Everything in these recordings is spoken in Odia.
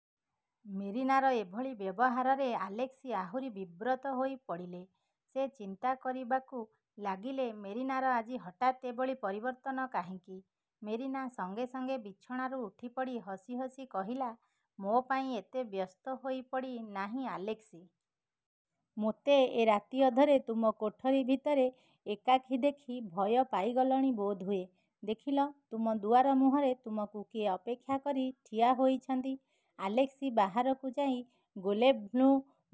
'' ମେରିନାର ଏଭଳି ବ୍ୟବହାରରେ ଆଲେସ୍କି ଆହୁରି ବିବ୍ରତ ହୋଇ ପଡ଼ିଲେ। ସେ ଚିନ୍ତା କରିବାକୁ ଲାଗିଲେ, ମେରିନାର ଆଜି ହଠାତ୍ ଏଭଳି ପରିବର୍ତ୍ତନ କାହିଁକି? ମେରିନା ସଙ୍ଗେ ସଙ୍ଗେ ବିଛଣାରୁ ଉଠିପଡ଼ି ହସି ହସି କହିଲା, ''ମୋ ପାଇଁ ଏତେ ବ୍ୟସ୍ତ ହୋଇପଡ଼ି ନାହିଁ ଆଲେସ୍କି! ମୋତେ ଏ ରାତିଅଧରେ ତୁମ କୋଠରି ଭିତରେ ଏକାକୀ ଦେଖି ଭୟ ପାଇଗଲଣି ବୋଧହୁଏ? ଦେଖିଲ, ତୁମ ଦୁଆରମୁହଁରେ ତୁମକୁ କିଏ ଅପେକ୍ଷା କରି ଠିଆ ହୋଇଛନ୍ତି। '' ଆଲେସ୍କି ବାହାରକୁ ଯାଇ, ଗୋଲେଭ୍ଙ୍କୁ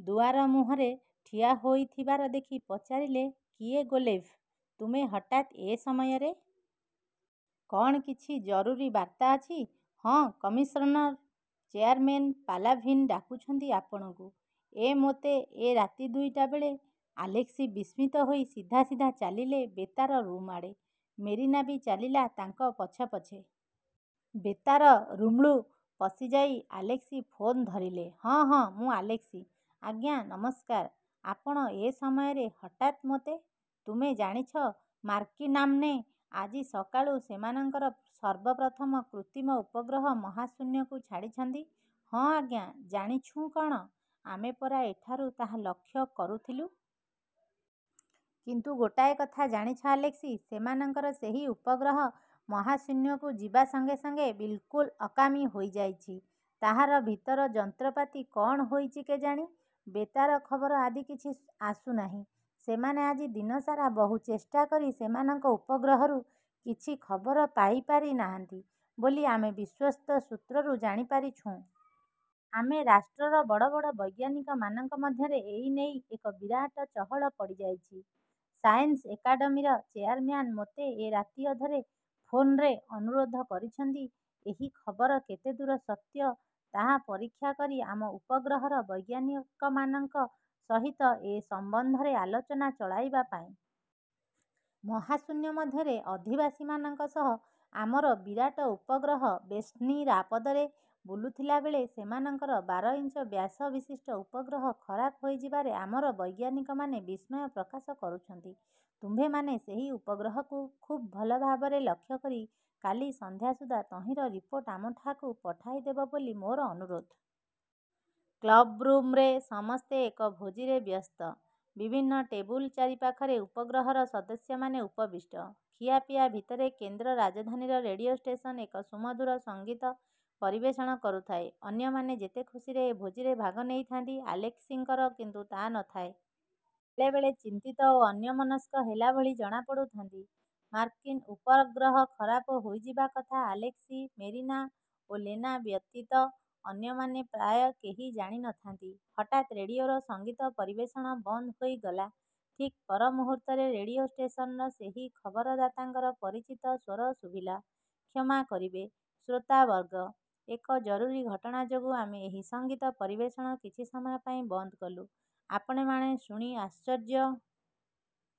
ଦୁଆରମୁହଁରେ ଠିଆ ହୋଇଥିବାର ଦେଖି ପଚାରିଲେ, ''କିଏ ଗୋଲେଭ୍, ତୁମେ ହଠାତ୍ ଏ ସମୟରେ? କ'ଣ କିଛି ଜରୁରୀ ବାର୍ତ୍ତା ଅଛି? '' ''ହଁ, କମିଶନ୍ର ଚେୟାରମେନ୍ ପାଲାଭିନ୍ ଡାକୁଛନ୍ତି ଆପଣଙ୍କୁ। '' ''ଏଁ, ମୋତେ, ଏ ରାତି ଦୁଇଟା ବେଳେ? '' ଆଲେସ୍କି ବିସ୍ମିତ ହୋଇ ସିଧା ସିଧା ଚାଲିଲେ ବେତାର ରୁମ୍ଆଡ଼େ। ମେରିନା ବି ଚାଲିଲା ତାଙ୍କ ପଛେ ପଛେ। ବେତାର ରୁମ୍କୁ ପଶିଯାଇ ଆଲେସ୍କି ଫୋନ୍ ଧରିଲେ, ''ହଁ, ହଁ, ମୁଁ ଆଲେସ୍କି। ଆଜ୍ଞା, ନମସ୍କାର। ଆପଣ ଏ ସମୟରେ ହଠାତ୍ ମୋତେ? '' ''ତୁମେ ଜାଣିଛ ମାର୍କିନ୍ମାନେ ଆଜି ସକାଳୁ ସେମାନଙ୍କର ସର୍ବପ୍ରଥମ କୃତ୍ରିମ ଉପଗ୍ରହ ମହାଶୂନ୍ୟକୁ ଛାଡ଼ିଛନ୍ତି? '' ''ହଁ, ଆଜ୍ଞା, ଜାଣିଛୁଁ କ'ଣ, ଆମେ ପରା ଏଠାରୁ ତାହା ଲକ୍ଷ୍ୟ କରୁଥିଲୁ। '' ''କିନ୍ତୁ ଗୋଟାଏ କଥା ଜାଣିଛ ଆଲେସ୍କି? ସେମାନଙ୍କର ସେହି ଉପଗ୍ରହ ମହାଶୂନ୍ୟକୁ ଯିବା ସଙ୍ଗେ ସଙ୍ଗେ ବିଲ୍କୁଲ୍ ଅକାମୀ ହୋଇଯାଇଛି। ତାହାର ଭିତର ଯନ୍ତ୍ରପାତି କ'ଣ ହୋଇଛି କେଜାଣି, ବେତାର ଖବର ଆଦି କିଛି ଆସୁନାହିଁ। ସେମାନେ ଆଜି ଦିନସାରା ବହୁ ଚେଷ୍ଟାକରି ସେମାନଙ୍କ ଉପଗ୍ରହରୁ କିଛି ଖବର ପାଇପାରି ନାହାନ୍ତି ବୋଲି ଆମେ ବିଶ୍ୱସ୍ତ ସୂତ୍ରରୁ ଜାଣିପାରିଛୁଁ-। ଆମ ରାଷ୍ଟ୍ରର ବଡ଼ ବଡ଼ ବୈଜ୍ଞାନିକମାନଙ୍କ ମଧ୍ୟରେ ଏହି ନେଇ ଏକ ବିରାଟ ଚହଳ ପଡ଼ିଯାଇଛି। ସାଏନ୍ସ ଏକାଡ଼େମୀର ଚେୟାରମ୍ୟାନ୍ ମୋତେ ଏ ରାତିଅଧରେ ଫୋନ୍ରେ ଅନୁରୋଧ କରିଛନ୍ତି ଏହି ଖବର କେତେଦୂର ସତ୍ୟ ତାହା ପରୀକ୍ଷା କରି ଆମ ଉପଗ୍ରହର ବୈଜ୍ଞାନିକମାନଙ୍କ ସହିତ ଏ ସମ୍ବନ୍ଧରେ ଆଲୋଚନା ଚଳାଇବା ପାଇଁ। ମହାଶୂନ୍ୟ ମଧ୍ୟରେ ଅଧିବାସୀମାନଙ୍କ ସହ ଆମର ବିରାଟ ଉପଗ୍ରହ ବେଶ୍ନିରାପଦରେ ବୁଲୁଥିଲାବେଳେ ସେମାନଙ୍କର ବାରଇଞ୍ଚ ବ୍ୟାସବିଶିଷ୍ଟ ଉପଗ୍ରହ ଖରାପ ହୋଇଯିବାରେ ଆମର ବୈଜ୍ଞାନିକମାନେ ବିସ୍ମୟ ପ୍ରକାଶ କରୁଛନ୍ତି-। ତୁମ୍ଭେମାନେ ସେହି ଉପଗ୍ରହକୁ ଖୁବ୍ ଭଲ ଭାବରେ ଲକ୍ଷ୍ୟକରି କାଲି ସନ୍ଧ୍ୟା ସୁଦ୍ଧା ତହିଁର ରିପୋର୍ଟ ଆମଠାକୁ ପଠାଇଦେବ ବୋଲି ମୋର ଅନୁରୋଧ। '' କ୍ଲବ୍ରୁମ୍ରେ ସମସ୍ତେ ଏକ ଭୋଜିରେ ବ୍ୟସ୍ତ। ବିଭିନ୍ନ ଟେବୁଲ ଚାରିପାଖରେ ଉପଗ୍ରହର ସଦସ୍ୟମାନେ ଉପବିଷ୍ଟ। ଖିଆପିଆ ଭିତରେ କେନ୍ଦ୍ର ରାଜଧାନୀର ରେଡ଼ିଓ ଷ୍ଟେସନ ଏକ ସୁମଧୁର ସଙ୍ଗୀତ ପରିବେଷଣ କରୁଥାଏ। ଅନ୍ୟମାନେ ଯେତେ ଖୁସିରେ ଏ ଭୋଜିରେ ଭାଗ ନେଇଥାନ୍ତି, ଆଲେସ୍କିଙ୍କର କିନ୍ତୁ ତା' ନଥାଏ। ବେଳେବେଳେ ଚିନ୍ତିତ ଓ ଅନ୍ୟମନସ୍କ ହେଲାଭଳି ଜଣାପଡ଼ୁଥାନ୍ତି। ମାର୍କିନ୍ ଉପଗ୍ରହ ଖରାପ ହୋଇଯିବା କଥା ଆଲେସ୍କି, ମେରିନା ଓ ଲେନା ବ୍ୟତୀତ ଅନ୍ୟମାନେ ପ୍ରାୟ କେହି ଜାଣି ନଥାନ୍ତି। ହଠାତ୍ ରେଡ଼ିଓର ସଙ୍ଗୀତ ପରିବେଷଣ ବନ୍ଦ ହୋଇଗଲା। ଠିକ୍ ପରମୁହୂର୍ତ୍ତରେ ରେଡ଼ିଓ ଷ୍ଟେସନର ସେହି ଖବରଦାତାଙ୍କର ପରିଚିତ ସ୍ୱର ଶୁଭିଲା, ''କ୍ଷମା କରିବେ, ଶ୍ରୋତାବର୍ଗ, ଏକ ଜରୁରୀ ଘଟଣା ଯୋଗୁଁ ଆମେ ଏହି ସଙ୍ଗୀତ ପରିବେଷଣ କିଛି ସମୟ ପାଇଁ ବନ୍ଦ କଲୁଁ। ଆପଣମାନେ ଶୁଣି ଆଶ୍ଚର୍ଯ୍ୟ